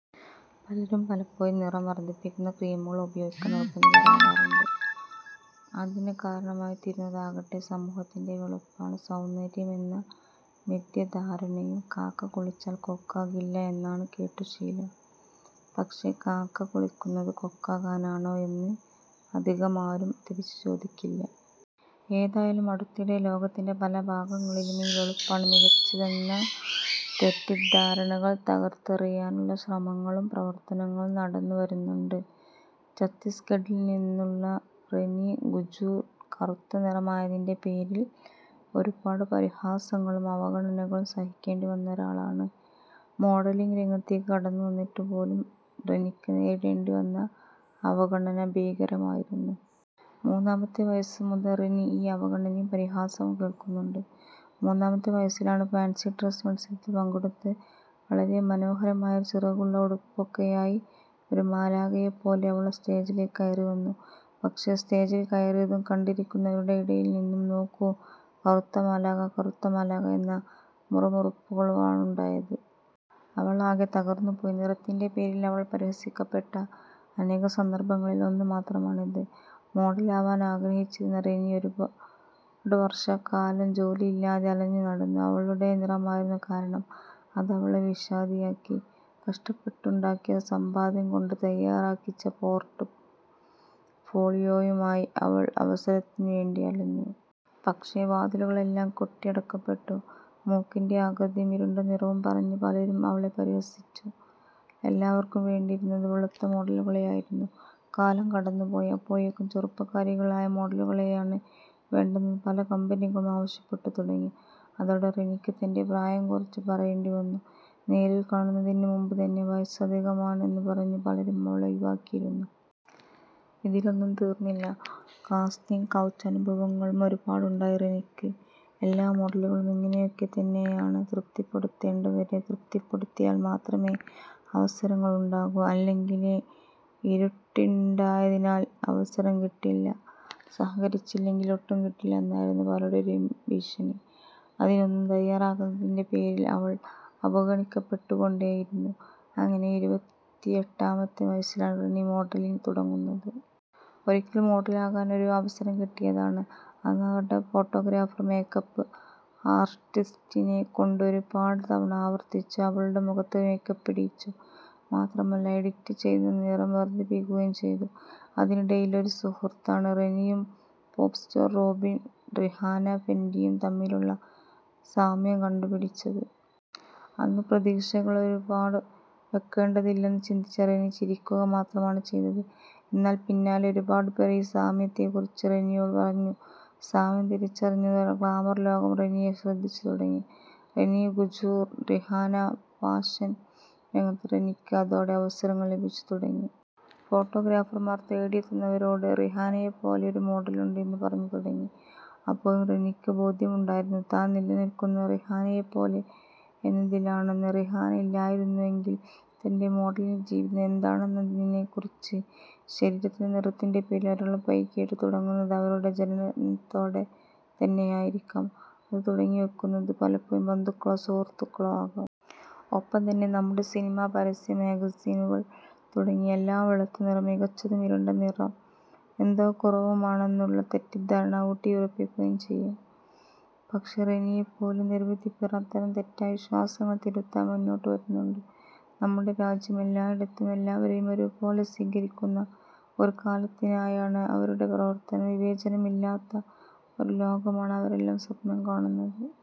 പലരും പലപ്പോഴും നിറം വർധിപ്പിക്കുന്ന ക്രീമുകൾ ഉപയോഗിക്കാൻ നിർബന്ധിതരാവാറുണ്ട്. അതിന് കാരണമായിത്തീരുന്നതാകട്ടെ സമൂഹത്തിന്റെ ' വെളുപ്പാണ് സൗന്ദര്യം ' എന്ന മിഥ്യാധാരണയും. ' കാക്ക കുളിച്ചാൽ കൊക്കാകില്ല ' എന്നാണ് കേട്ടു ശീലം. പക്ഷെ, ' കാക്ക കുളിക്കുന്നത് കൊക്കാകാനാണോ? ' എന്ന് അധികമാരും തിരിച്ച് ചോദിക്കില്ല. ഏതായാലും അടുത്തിടെ ലോകത്തിന്റെ പല ഭാഗങ്ങളിലും ഈ വെളുപ്പാണ് മികച്ചതെന്ന തെറ്റിദ്ധാരണകൾ തകർത്തെറിയാനുള്ള ശ്രമങ്ങളും പ്രവർത്തനങ്ങളും നടന്നു വരുന്നുണ്ട്. ഛത്തീസ്ഗഢിൽ നിന്നുള്ള റെനീ കുജൂര് കറുത്ത നിറമായതിന്റെ പേരിൽ ഒരുപാട് പരിഹാസങ്ങളും അവഗണനകളും സഹിക്കേണ്ടി വന്നൊരാളാണ്. മോഡലിംഗ് രംഗത്തേക്ക് കടന്നു വന്നിട്ടുപോലും റെനിക്ക് നേരിടേണ്ടി വന്ന അവഗണന ഭീകരമായിരുന്നു. മൂന്നാമത്തെ വയസ്സ് മുതൽ റെനി ഈ അവഗണനയും പരിഹാസവും കേൾക്കുന്നുണ്ട്. മൂന്നാമത്തെ വയസ്സിലാണ്, ഫാൻസി ഡ്രസ് മത്സരത്തിൽ പങ്കെടുത്ത് വളരെ മനോഹരമായൊരു ചിറകുള്ള ഉടുപ്പൊക്കെയായി ഒരു മാലാഖയെപ്പോലെ അവൾ സ്റ്റേജിലേക്ക് കയറിവന്നു പക്ഷെ, സ്റ്റേജിൽ കയറിയതും കണ്ടിരിക്കുന്നവരുടെ ഇടയിൽ നിന്നും ' നോക്കൂ, കറുത്ത മാലാഖ, കറുത്ത മാലാഖ ' എന്ന മുറുമുറുപ്പുകളാണുണ്ടായത്. അവളാകെ തകർന്നു പോയി. നിറത്തിന്റെ പേരിൽ അവൾ പരിഹസിക്കപ്പെട്ട അനേകം സന്ദർഭങ്ങളിൽ ഒന്നു മാത്രമാണിത്. മോഡലാവാൻ ആഗ്രഹിച്ചിരുന്ന റെനി ഒരുപാട് വർഷക്കാലം ജോലിയില്ലാതെ അലഞ്ഞു നടന്നു. അവളുടെ നിറമായിരുന്നു കാരണം. അതവളെ വിഷാദിയാക്കി. കഷ്ടപ്പെട്ടുണ്ടാക്കിയ സമ്പാദ്യം കൊണ്ട് തയ്യാറാക്കിച്ച പോർട്ട് ഫോളിയോയുമായ് അവൾ അവസരത്തിന് വേണ്ടി അലഞ്ഞു. പക്ഷെ, വാതിലുകളെല്ലാം കൊട്ടിയടക്കപ്പെട്ടു. മൂക്കിന്റെ ആകൃതിയും ഇരുണ്ട നിറവും പറഞ്ഞ് പലരും അവളെ പരിഹസിച്ചു. എല്ലാവർക്കും വേണ്ടിയിരുന്നത് വെളുത്ത മോഡലുകളെയായിരുന്നു. കാലം കടന്നുപോയി. അപ്പോഴേക്കും ചെറുപ്പക്കാരികളായ മോഡലുകളെയാണ് വേണ്ടതെന്ന് പല കമ്പനികളും ആവശ്യപ്പെട്ടു തുടങ്ങി. അതോടെ റെനിക്ക് തന്റെ പ്രായം കുറച്ച് പറയേണ്ടി വന്നു. നേരിൽ കാണുന്നതിന് മുമ്പ് തന്നെ വയസ്സ് അധികമാണ് എന്ന് പറഞ്ഞ് പലരും അവളെ ഒഴിവാക്കിയിരുന്നു. ഇതിലൊന്നും തീർന്നില്ല, കാസ്റ്റിങ് കൗച്ച് അനുഭവങ്ങളും ഒരുപാടുണ്ടായി റെനിക്ക്. ' എല്ലാ മോഡലുകളും ഇങ്ങനെയൊക്കെത്തന്നെയാണ്. തൃപ്തിപ്പെടുത്തേണ്ടവരെ തൃപ്തിപ്പെടുത്തിയാൽ മാത്രമേ അവസരങ്ങളുണ്ടാകൂ. അല്ലെങ്കിലേ ഇരുണ്ടിട്ടായതിനാൽ അവസരം കിട്ടില്ല. സഹകരിച്ചില്ലെങ്കിൽ ഒട്ടും കിട്ടില്ല ' എന്നായിരുന്നു പലരുടേയും ഭീഷണി. അതിനൊന്നും തയ്യാറാകാത്തതിന്റെ പേരിൽ അവൾ അവഗണിക്കപ്പെട്ടുകൊണ്ടേയിരുന്നു. അങ്ങനെ ഇരുപത്തിയെട്ടാമത്തെ വയസ്സിലാണ് റെനി മോഡലിംഗ് തുടങ്ങുന്നത്. ഒരിക്കൽ മോഡലാകാൻ ഒരു അവസരം കിട്ടിയതാണ്. അന്നാകട്ടെ ഫോട്ടോഗ്രാഫർ മേക്കപ്പ് ആർട്ടിസ്റ്റിനെ കൊണ്ട് ഒരുപാട് തവണ ആവർത്തിച്ചു അവളുടെ മുഖത്ത് മേക്കപ്പിടീച്ചു. മാത്രമല്ല, എഡിറ്റ് ചെയ്ത് നിറം വർധിപ്പിക്കുകയും ചെയ്തു. അതിനിടയിൽ ഒരു സുഹൃത്താണ് റെനിയും പോപ് സ്റ്റാർ റോബിൻ റിഹാന ഫെന്റിയും തമ്മിലുള്ള സാമ്യം കണ്ടു പിടിച്ചത്. അന്ന് പ്രതീക്ഷകളൊരുപാട് വെക്കേണ്ടതില്ലെന്ന് ചിന്തിച്ച റെനി ചിരിക്കുക മാത്രമാണ് ചെയ്തത്. എന്നാല്, പിന്നാലെ ഒരുപാട് പേര് ഈ സാമ്യത്തെ കുറിച്ച് റെനിയോട് പറഞ്ഞു. സാമ്യം തിരിച്ചറിഞ്ഞതോടെ ഗ്ലാമർ ലോകം റെനിയെ ശ്രദ്ധിച്ചു തുടങ്ങി. റെനീ കുജൂര്, റിഹാന ഫാഷൻ രംഗത്ത് റെനിക്ക് അതോടെ അവസരങ്ങൾ ലഭിച്ചു തുടങ്ങി. ഫോട്ടോഗ്രാഫർമാർ തേടിയെത്തുന്നവരോട് റിഹാനയെപ്പോലെ ഒരു മോഡലുണ്ട് എന്ന് പറഞ്ഞു തുടങ്ങി. അപ്പോഴും റെനിക്ക് ബോധ്യമുണ്ടായിരുന്നു താൻ നിലനിൽക്കുന്നത് റിഹാനയെപ്പോലെ എന്നതിലാണെന്ന്. റിഹാനയില്ലായിരുന്നുവെങ്കില് തന്റെ മോഡലിംഗ് ജീവിതം എന്താണെന്നതിനെ കുറിച്ച്. ശരീരത്തിന്റെ, നിറത്തിന്റെ പേരിൽ ഒരാൾ പഴികേട്ട് തുടങ്ങുന്നത് അവരുടെ ജനനത്തോടെ തന്നെയായിരിക്കാം. അത് തുടങ്ങിവെക്കുന്നത് പലപ്പോഴും ബന്ധുക്കളോ, സുഹൃത്തുക്കളോ ആകാം. ഒപ്പം തന്നെ നമ്മുടെ സിനിമ, പരസ്യം, മാഗസിനുകൾ തുടങ്ങി എല്ലാം വെളുത്ത നിറം മികച്ചതും ഇരുണ്ട നിറം എന്തോ കുറവുമാണെന്നുള്ള തെറ്റിദ്ധാരണ ഊട്ടിയുറപ്പിക്കുകയും ചെയ്യും. പക്ഷെ, റെനിയെപ്പോലെ നിരവധിപ്പേർ അത്തരം തെറ്റായ വിശ്വാസങ്ങളെ തിരുത്താൻ മുന്നോട്ട് വരുന്നുണ്ട്. നമ്മുടെ രാജ്യം എല്ലായിടത്തും എല്ലാവരേയും ഒരുപോലെ സ്വീകരിക്കുന്ന ഒരു കാലത്തിനായാണ് അവരുടെ പ്രവർത്തനം. വിവേചനമില്ലാത്ത ഒരു ലോകമാണ് അവരെല്ലാം സ്വപ്നം കാണുന്നത്.